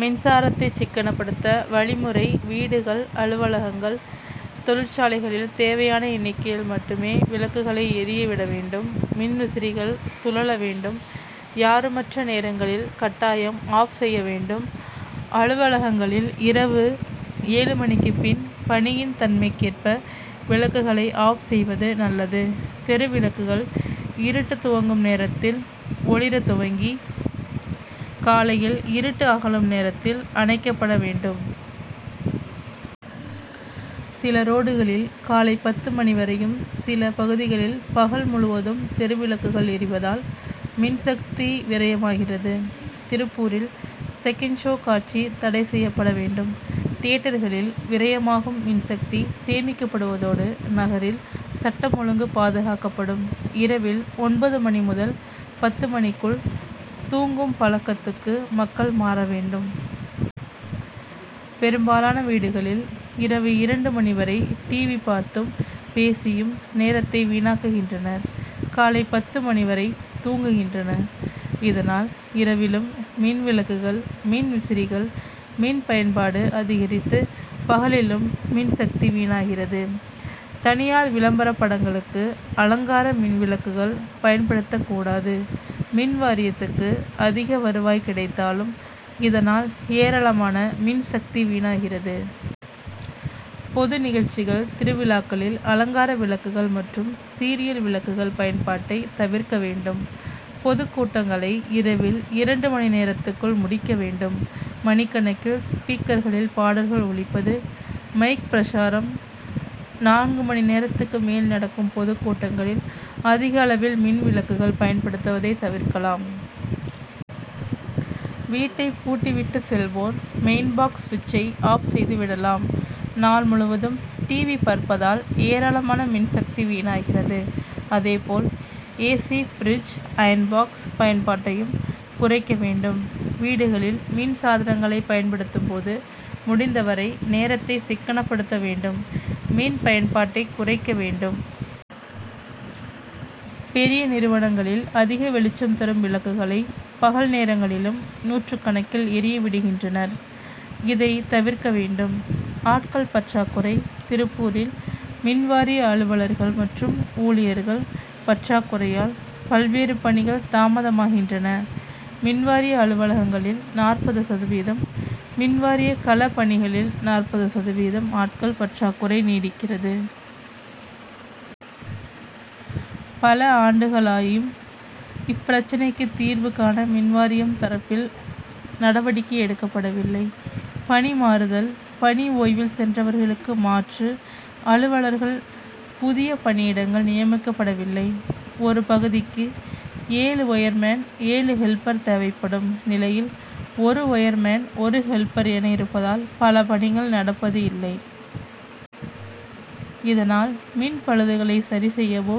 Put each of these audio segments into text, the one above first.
மின்சாரத்தை சிக்கனப்படுத்த வழிமுறை வீடுகள் அலுவலகங்கள் தொழிற்சாலைகளில் தேவையான எண்ணிக்கையில் மட்டுமே விளக்குகளை எரிய விட வேண்டும் மின்விசிறிகள் சுழல வேண்டும். யாருமற்ற நேரங்களில் கட்டாயம் ஆப்'செய்ய வேண்டும். அலுவலகங்களில் இரவு ஏழு மணிக்குபின் பணியின் தன்மைக்கேற்ப விளக்குகளை ஆப் செய்வது நல்லது. தெருவிளக்குகள் இருட்டு துவங்கும் நேரத்தில் ஒளிர துவங்கி காலையில் இருட்டு அகலும் நேரத்தில் அணைக்கப்பட வேண்டும். சில ரோடுகளில் காலை பத்து மணி வரையும் சில பகுதிகளில் பகல் முழுவதும் தெருவிளக்குகள் எரிவதால் மின்சக்தி விரயமாகிறது. திருப்பூரில் செகண்ட் ஷா காட்சி தடை செய்யப்பட வேண்டும் தியேட்டர்களில் விரயமாகும் மின்சக்தி சேமிக்கப்படுவதோடு நகரில் சட்டம் ஒழுங்கு பாதுகாக்கப்படும். இரவில் ஒன்பது மணி முதல் பத்து மணிக்குள் தூங்கும் பழக்கத்துக்கு மக்கள் மாற வேண்டும். பெரும்பாலான வீடுகளில், இரவு இரண்டு மணி வரை டிவி பார்த்தும் பேசியும் நேரத்தை வீணாக்குகின்றனர் காலை பத்து மணி வரை தூங்குகின்றனர். இதனால் இரவிலும் மின்விளக்குகள் மின்விசிறிகள் மின் பயன்பாடு அதிகரித்து பகலிலும் மின்சக்தி வீணாகிறது. தனியார் விளம்பர படங்களுக்கு அலங்கார மின்விளக்குள் பயன்படுத்தக்கூடாது மின்வாரியத்துக்கு அதிக வருவாய் கிடைத்தாலும் இதனால் ஏராளமான மின்சக்தி வீணாகிறது. பொது நிகழ்ச்சிகள் திருவிழாக்களில் அலங்கார விளக்குகள் மற்றும் சீரியல் விளக்குகள் பயன்பாட்டை தவிர்க்க வேண்டும். பொதுக்கூட்டங்களை இரவில் இரண்டு மணி நேரத்துக்குள் முடிக்க வேண்டும். மணிக்கணக்கில் ஸ்பீக்கர்களில் பாடல்கள் ஒலிப்பது மைக் பிரசாரம் நான்கு மணி நேரத்துக்கு மேல் நடக்கும் பொதுக்கூட்டங்களில் அதிகளவில் மின்விளக்குகள் பயன்படுத்துவதை தவிர்க்கலாம். வீட்டை பூட்டி விட்டு செல்வோர் மெயின் பாக்ஸ் ஸ்விட்ச்சை ஆப் செய்து விடலாம். நாள் முழுவதும் டிவி பார்ப்பதால் ஏராளமான மின்சக்தி வீணாகிறது. அதேபோல் ஏ. சி.பிரிட்ஜ் அயர்ன் பாக்ஸ் பயன்பாட்டையும் குறைக்க வேண்டும். வீடுகளில் மின்சாதனங்களை பயன்படுத்தும்போது முடிந்தவரை நேரத்தை சிக்கனப்படுத்த வேண்டும் மின்பயன்பாட்டை குறைக்க வேண்டும். பெரிய நிறுவனங்களில் அதிக வெளிச்சம் தரும் விளக்குகளை பகல் நேரங்களிலும் நூற்றுக்கணக்கில் எரிய விடுகின்றனர். இதை தவிர்க்க வேண்டும். ஆட்கள் பற்றாக்குறை திருப்பூரில் மின்வாரிய அலுவலர்கள் மற்றும் ஊழியர்கள் பற்றாக்குறையால் பல்வேறு பணிகள் தாமதமாகின்றன. மின்வாரிய அலுவலகங்களில் நாற்பது சதவீதம் மின்வாரிய கள பணிகளில் நாற்பது சதவீதம் ஆட்கள் பற்றாக்குறை நீடிக்கிறது. பல ஆண்டுகளாகியும் இப்பிரச்னைக்கு தீர்வு காண மின்வாரியம் தரப்பில் நடவடிக்கை எடுக்கப்படவில்லை பணி மாறுதல் பணி ஓய்வில் சென்றவர்களுக்கு மாற்று அலுவலர்கள் புதிய பணியிடங்கள் நியமிக்கப்படவில்லை. ஒரு பகுதிக்கு ஏழு ஒயர் மேன் ஏழு ஹெல்ப்பர் தேவைப்படும் நிலையில் ஒரு ஒயர்மேன் ஒரு ஹெல்ப்பர் என இருப்பதால் பல பணிகள் நடப்பது இல்லை. இதனால் மின்பழுதுகளை சரிசெய்யவோ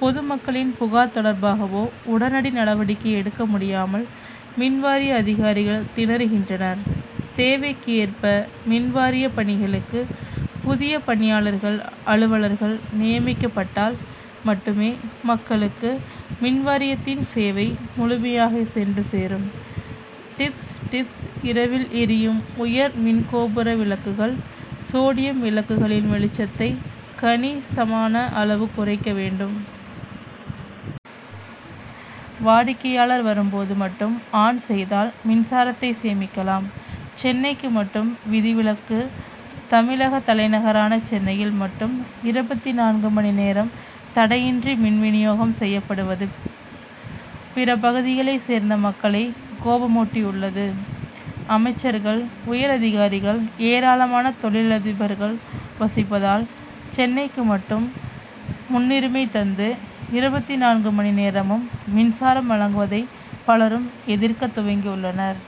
பொதுமக்களின் புகார் தொடர்பாகவோ உடனடி நடவடிக்கை எடுக்க முடியாமல் மின்வாரிய அதிகாரிகள் திணறுகின்றனர். தேவைக்கு ஏற்ப மின்வாரிய பணிகளுக்கு புதிய பணியாளர்கள் அலுவலர்கள் நியமிக்கப்பட்டால் மட்டுமே மக்களுக்கு மின்வாரியத்தின் சேவை முழுமையாக சென்று சேரும். டிப்ஸ்டிப்ஸ் இரவில் எரியும் உயர் மின்கோபுர விளக்குகள் சோடியம் விளக்குகளின் வெளிச்சத்தை கணி சமான அளவு குறைக்க வேண்டும். வாடிக்கையாளர் வரும்போது மட்டும் ஆன் செய்தால் மின்சாரத்தை சேமிக்கலாம். சென்னைக்கு மட்டும் விதிவிலக்கு தமிழக தலைநகரான சென்னையில் மட்டும் இருபத்திநான்கு மணி நேரம் தடையின்றி மின் வினியோகம் செய்யப்படுவது பிற பகுதிகளை சேர்ந்த மக்களை கோபமூட்டியுள்ளது. அமைச்சர்கள் உயரதிகாரிகள் ஏராளமான தொழிலதிபர்கள் வசிப்பதால் சென்னைக்கு மட்டும் முன்னுரிமை தந்து இருபத்திநான்கு மணி நேரமும் மின்சாரம் வழங்குவதை பலரும் எதிர்க்க துவங்கியுள்ளனர்.